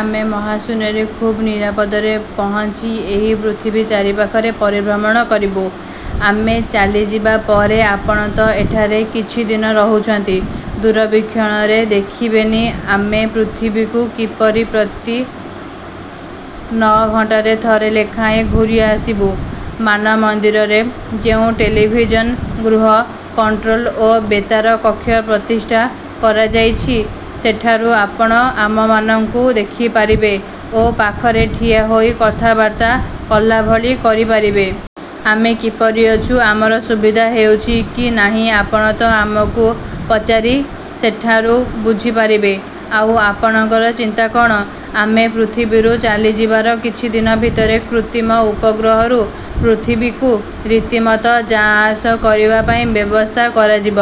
ଆମେ ମହାଶୂନ୍ୟରେ ଖୁବ୍ ନିରାପଦରେ ପହଞ୍ଚି ଏହି ପୃଥିବୀ ଚାରିପାଖରେ ପରିଭ୍ରମଣ କରିବୁ। ଆମେ ଚାଲିଯିବାପରେ ଆପଣ ତ ଏଠାରେ କିଛିଦିନ ରହୁଛନ୍ତି। ଦୂରବୀକ୍ଷଣରେ ଦେଖିବେନି ଆମେ ପୃଥିବୀକୁ କିପରି ପ୍ରତି ନଅ ଘଣ୍ଟାରେ ଥରେ ଲେଖାଏଁ ଘୂରିଆସିବୁ। ମାନମନ୍ଦିରରେ ଯେଉଁ ଟେଲିଭିଜନ ଗୃହ, କଣ୍ଟ୍ରୋଲ ଓ ବେତାର କକ୍ଷ ପ୍ରତିଷ୍ଠା କରାଯାଇଛି, ସେଠାରୁ ଆପଣ ଆମମାନଙ୍କୁ ଦେଖିପାରିବେ ଓ ପାଖରେ ଠିଆହୋଇ କଥାବାର୍ତ୍ତା କଲାଭଳି କରି ପାରିବେ। ଆମେ କିପରି ଅଛୁ, ଆମର ସୁବିଧା ହେଉଛି କି ନାହିଁ, ଆପଣ ତ ଆମକୁ ପଚାରି ସେଠାରୁ ବୁଝିପାରିବେ। ଆଉ ଆପଣଙ୍କର ଚିନ୍ତା କ'ଣ? ଆମେ ପୃଥିବୀରୁ ଚାଲିଯିବାର କିଛିଦିନ ଭିତରେ କୃତ୍ରିମ ଉପଗ୍ରହରୁ ପୃଥିବୀକୁ ରୀତିମତ ଯା–ଆସ କରିବା ପାଇଁ ବ୍ୟବସ୍ଥା କରାଯିବ।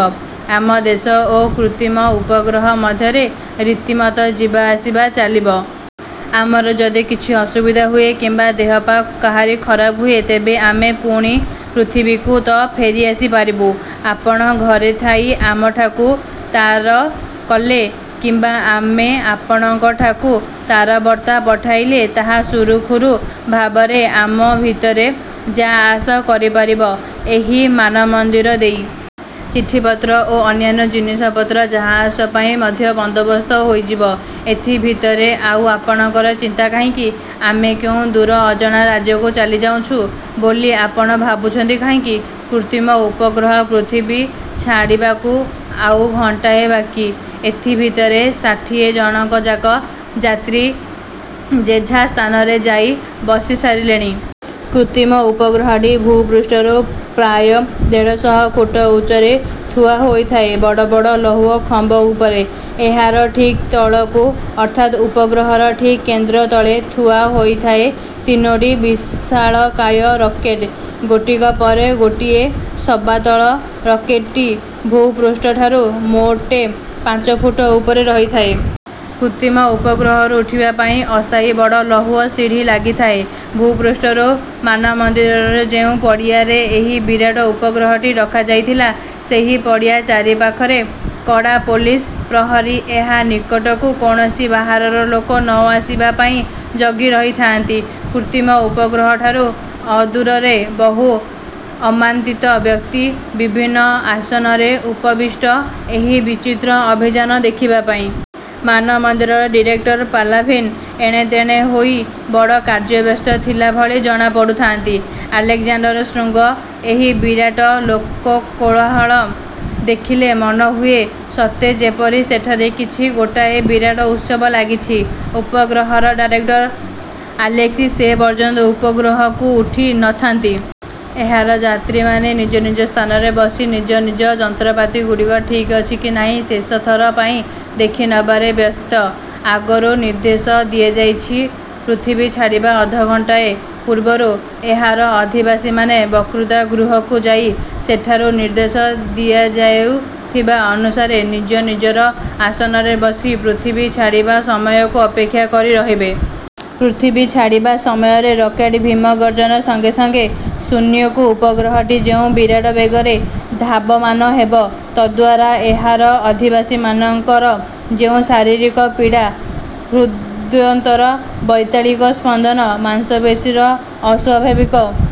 ଆମ ଦେଶ ଓ କୃତ୍ରିମ ଉପଗ୍ରହ ମଧ୍ୟରେ ରୀତିମତ ଯିବା–ଆସିବା ଚାଲିବ। ଆମର ଯଦି କିଛି ଅସୁବିଧା ହୁଏ କିମ୍ବା ଦେହପା କାହାରି ଖରାପ ହୁଏ, ତେବେ ଆମେ ପୁଣି ପୃଥିବୀକୁ ତ ଫେରିଆସି ପାରିବୁ। ଆପଣ ଘରେ ଥାଇ ଆମଠାକୁ ତାର କଲେ କିମ୍ବା ଆମେ ଆପଣଙ୍କଠାକୁ ତାରବର୍ତ୍ତା ପଠାଇଲେ ତାହା ସୁରୁଖୁରୁ ଭାବରେ ଆମ ଭିତରେ ଯା–ଆସ କରିପାରିବ ଏହି ମାନମନ୍ଦିର ଦେଇ। ଚିଠିପତ୍ର ଓ ଅନ୍ୟାନ୍ୟ ଜିନିଷପତ୍ର ଯା–ଆସ ପାଇଁ ମଧ୍ୟ ବନ୍ଦୋବସ୍ତ ହୋଇଯିବ ଏଥିଭିତରେ। ଆଉ ଆପଣଙ୍କର ଚିନ୍ତା କାହିଁକି? ଆମେ କେଉଁ ଦୂର ଅଜଣା ରାଜ୍ୟକୁ ଚାଲିଯାଉଛୁଁ ବୋଲି ଆପଣ ଭାବୁଛନ୍ତି କାହିଁକି? '' କୃତ୍ରିମ ଉପଗ୍ରହ ପୃଥିବୀ ଛାଡ଼ିବାକୁ ଆଉ ଘଣ୍ଟାଏ ବାକି। ଏଥିଭିତରେ ଷାଠିଏ ଜଣଯାକ ଯାତ୍ରୀ ଯେଝା ସ୍ଥାନରେ ଯାଇ ବସିସାରିଲେଣି। କୃତ୍ରିମ ଉପଗ୍ରହଟି ଭୂପୃଷ୍ଠରୁ ପ୍ରାୟ ଦେଢ଼ଶହ ଫୁଟ ଉଚ୍ଚରେ ଥୁଆହୋଇଥାଏ ବଡ଼ ବଡ଼ ଲୌହ ଖମ୍ବ ଉପରେ। ଏହାର ଠିକ୍ ତଳକୁ ଅର୍ଥାତ ଉପଗ୍ରହର ଠିକ୍ କେନ୍ଦ୍ର ତଳେ ଥୁଆ ହୋଇଥାଏ ତିନୋଟି ବିଶାଳକାୟ ରକେଟ୍, ଗୋଟିକ ପରେ ଗୋଟିଏ। ସବାତଳ ରକେଟ୍ଟି ଭୂପୃଷ୍ଠଠାରୁ ମୋଟେ ପାଞ୍ଚଫୁଟ ଉପରେ ରହିଥାଏ। କୃତ୍ରିମ ଉପଗ୍ରହକୁ ଉଠିବାପାଇଁ ଅସ୍ଥାୟୀ ବଡ଼ ଲୌହ ସିଡ଼ି ଲାଗିଥାଏ ଭୂପୃଷ୍ଠରୁ। ମାନମନ୍ଦିରର ଯେଉଁ ପଡ଼ିଆରେ ଏହି ବିରାଟ ଉପଗ୍ରହଟି ରଖାଯାଇଥିଲା, ସେହି ପଡ଼ିଆ ଚାରିପାଖରେ କଡ଼ା ପୋଲିସ ପ୍ରହରୀ ଏହା ନିକଟକୁ କୌଣସି ବାହାରର ଲୋକ ନ ଆସିବା ପାଇଁ ଜଗି ରହିଥାନ୍ତି। କୃତ୍ରିମ ଉପଗ୍ରହଠାରୁ ଅଦୂରରେ ବହୁ ଆମନ୍ତ୍ରିତ ବ୍ୟକ୍ତି ବିଭିନ୍ନ ଆସନରେ ଉପବିଷ୍ଟ, ଏହି ବିଚିତ୍ର ଅଭିଯାନ ଦେଖିବାପାଇଁ। ମାନମନ୍ଦିର ଡିରେକ୍ଟର ପାଲାଭିନ୍ ଏଣେତେଣେ ହୋଇ ବଡ଼ କାର୍ଯ୍ୟବ୍ୟସ୍ତ ଥିଲା ଭଳି ଜଣାପଡ଼ୁଥାନ୍ତି। ଆଲେକ୍ଜାଣ୍ଡର ଶୃଙ୍ଗର ଏହି ବିରାଟ ଲୋକକୋଳାହଳ ଦେଖିଲେ ମନେହୁଏ ସତେ ଯେପରି ସେଠାରେ କିଛି ଗୋଟାଏ ବିରାଟ ଉତ୍ସବ ଲାଗିଛି। ଉପଗ୍ରହର ଡାଇରେକ୍ଟର ଆଲେସ୍କି ସେ ପର୍ଯ୍ୟନ୍ତ ଉପଗ୍ରହକୁ ଉଠି ନ ଥାନ୍ତି। ଏହାର ଯାତ୍ରୀମାନେ ନିଜ ନିଜ ସ୍ଥାନରେ ବସି ନିଜ ନିଜ ଯନ୍ତ୍ରପାତିଗୁଡ଼ିକ ଠିକ୍ଅଛି କି ନାହିଁ, ଶେଷଥର ପାଇଁ ଦେଖିନେବାରେ ବ୍ୟସ୍ତ। ଆଗରୁ ନିର୍ଦ୍ଦେଶ ଦିଆଯାଇଛି, ପୃଥିବୀ ଛାଡ଼ିବା ଅଧଘଣ୍ଟାଏ ପୂର୍ବରୁ ଏହାର ଅଧିବାସୀମାନେ ବକ୍ତୃତା–ଗୃହକୁ ଯାଇ ସେଠାରୁ ନିର୍ଦ୍ଦେଶ ଦିଆଯାଉଥିବା ଅନୁସାରେ ନିଜ ନିଜର ଆସନରେ ବସି ପୃଥିବୀ ଛାଡ଼ିବା ସମୟକୁ ଅପେକ୍ଷା କରି ରହିବେ। ପୃଥିବୀ ଛାଡ଼ିବା ସମୟରେ ରକେଟ୍ର। ଭୀମ ଗର୍ଜ୍ଜନ ସଙ୍ଗେ ସଙ୍ଗେ ଶୂନ୍ୟକୁ ଉପଗ୍ରହଟି ଯେଉଁ ବିରାଟ ବେଗରେ ଧାବମାନ ହେବ, ତଦ୍ଦ୍ୱାରା ଏହାର ଅଧିବାସୀମାନଙ୍କର ଯେଉଁ ଶରୀରିକ ପୀଡ଼ା, ହୃଦ୍ଯନ୍ତ୍ରର ବୈତାଳିକ ସ୍ପନ୍ଦନ, ମାଂସପେଶୀର ଅସ୍ୱାଭାବିକ